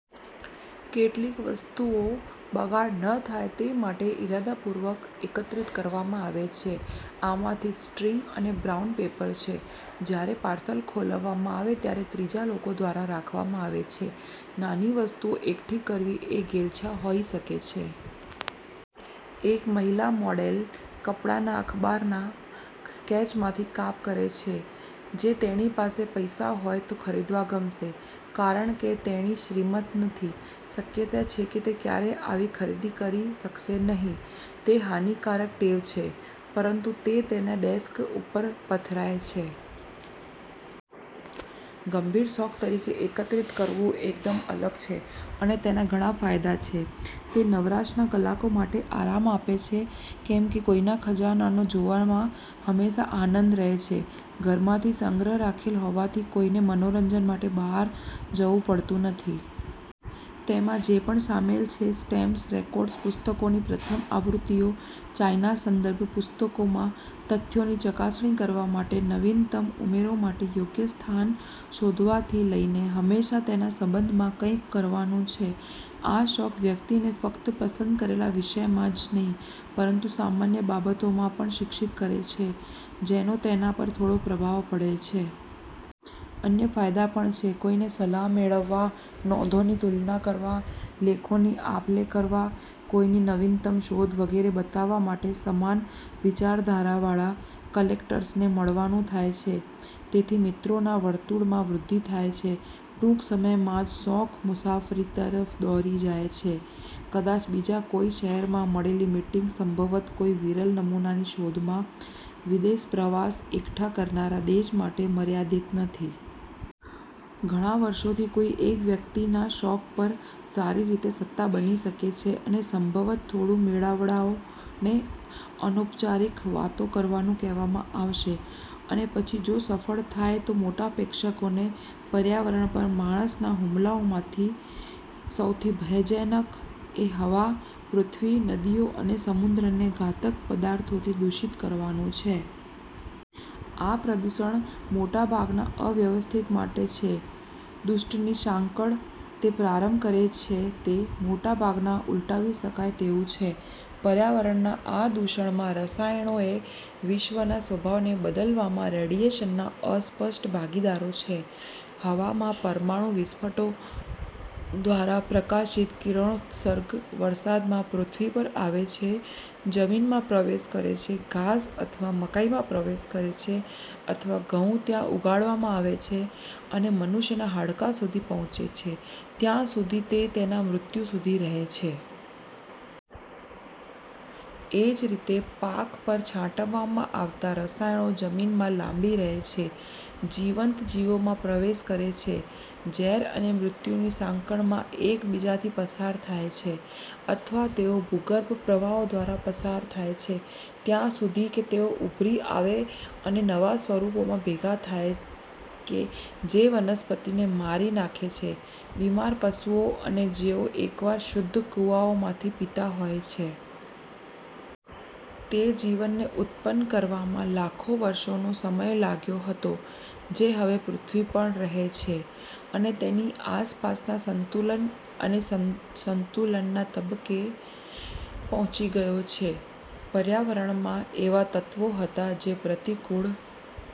કેટલીક વસ્તુઓ બગાડ ન થાય તે માટે ઇરાદાપૂર્વક એકત્રિત કરવામાં આવે છે. આમાંથી સ્ટ્રિંગ અને બ્રાઉન પેપર છે, જ્યારે પાર્સલ ખોલવામાં આવે ત્યારે ત્રીજા લોકો દ્વારા રાખવામાં આવે છે. નાની વસ્તુઓ એકઠી કરવી એ ઘેલછા હોઈ શકે છે. એક મહિલા મોડેલ કપડાના અખબારના સ્કેચમાંથી કાપ કરે છે જે તેણી પાસે પૈસા હોય તો ખરીદવા ગમશે. કારણ કે તેણી શ્રીમંત નથી, શક્યતા છે કે તે ક્યારેય આવી ખરીદી કરી શકશે નહીં. તે હાનિકારક ટેવ છે, પરંતુ તે તેના ડેસ્ક ઉપર પથરાય છે. ગંભીર શોખ તરીકે એકત્રિત કરવું એકદમ અલગ છે અને તેના ઘણા ફાયદા છે. તે નવરાશના કલાકો માટે આરામ આપે છે, કેમ કે કોઈના ખજાનો જોવામાં હંમેશા આનંદ રહે છે. ઘરમાંથી સંગ્રહ રાખેલ હોવાથી કોઈને મનોરંજન માટે બહાર જવુ પડતું નથી. તેમાં જે પણ શામેલ છે સ્ટેમ્પ્સ, રેકોર્ડ્સ, પુસ્તકોની પ્રથમ આવૃત્તિઓ, ચાઇના સંદર્ભ પુસ્તકોમાં તથ્યોની ચકાસણી કરવા માટે નવીનતમ ઉમેરો માટે યોગ્ય સ્થાન શોધવાથી લઈને, હંમેશાં તેના સંબંધમાં કંઈક કરવાનું છે. આ શોખ વ્યક્તિને ફક્ત પસંદ કરેલા વિષયમાં જ નહીં, પરંતુ સામાન્ય બાબતોમાં પણ શિક્ષિત કરે છે જેનો તેના પર થોડો પ્રભાવ પડે છે. અન્ય ફાયદા પણ છે. કોઈને સલાહ મેળવવા, નોંધોની તુલના કરવા, લેખોની આપલે કરવા, કોઈની નવીનતમ શોધ વગેરે બતાવવા માટે સમાન વિચારધારાવાળા કલેક્ટર્સને મળવાનું થાય છે. તેથી, મિત્રોના વર્તુળમાં વૃદ્ધિ થાય છે. ટૂંક સમયમાં જ શોખ મુસાફરી તરફ દોરી જાય છે, કદાચ બીજા કોઈ શહેરમાં મળેલી મીટિંગ, સંભવત કોઈ વિરલ નમૂનાની શોધમાં વિદેશ પ્રવાસ, એકઠા કરનારા દેશ માટે મર્યાદિત નથી. ઘણા વર્ષોથી કોઈ એક વ્યક્તિના શોખ પર સારી રીતે સત્તા બની શકે છે અને સંભવત થોડું મેળાવડાઓને અનૌપચારિક વાતો કરવાનું કહેવામાં આવશે અને પછી જો સફળ થાય તો મોટા પ્રેક્ષકોને. પર્યાવરણ પર માણસના હુમલાઓમાં સૌથી ભયજનક એ હવા, પૃથ્વી, નદીઓ અને સમુદ્રને ઘાતક પદાર્થોથી દૂષિત કરવાનું છે. આ પ્રદૂષણ મોટાભાગના અવ્યવસ્થિત માટે છે. દુષ્ટની સાંકળ તે પ્રારંભ કરે છે તે મોટાભાગના ઉલટાવી શકાય તેવું છે. પર્યાવરણના આ દૂષણમાં રસાયણો એ વિશ્વના સ્વભાવને બદલવામાં રેડિયેશનના અસ્પષ્ટ ભાગીદારો છે. હવામાં પરમાણુ વિસ્ફોટો દ્વારા પ્રકાશિત કિરણોત્સર્ગ, વરસાદમાં પૃથ્વી પર આવે છે, જમીનમાં પ્રવેશ કરે છે, ઘાસ અથવા મકાઈમાં પ્રવેશ કરે છે અથવા ઘઉં ત્યાં ઉગાડવામાં આવે છે અને મનુષ્યના હાડકાં સુધી પહોંચે છે, ત્યાં સુધી તે તેના મૃત્યુ સુધી રહે છે. એ જ રીતે, પાક પર છાંટવામાં આવતા રસાયણો, જમીનમાં લાંબી રહે છે, જીવંત જીવોમાં પ્રવેશ કરે છે, ઝેર અને મૃત્યુની સાંકળમાં એક બીજાથી પસાર થાય છે. અથવા તેઓ ભૂગર્ભ પ્રવાહો દ્વારા પસાર થાય છે ત્યાં સુધી કે તેઓ ઉભરી આવે અને નવા સ્વરૂપોમાં ભેગા થાય કે જે વનસ્પતિને મારી નાખે છે, બીમાર પશુઓ છે અને જેઓ એકવાર શુદ્ધ કુવાઓમાંથી પીતા હોય છે. તે જીવનને ઉત્પન્ન કરવામાં લાખો વર્ષોનો સમય લાગ્યો હતો જે હવે પૃથ્વી પર રહે છે અને તેની આસપાસના સંતુલન અને સંતુલનના તબક્કે પહોંચી ગયો છે. પર્યાવરણમાં એવા તત્વો હતા જે પ્રતિકૂળ.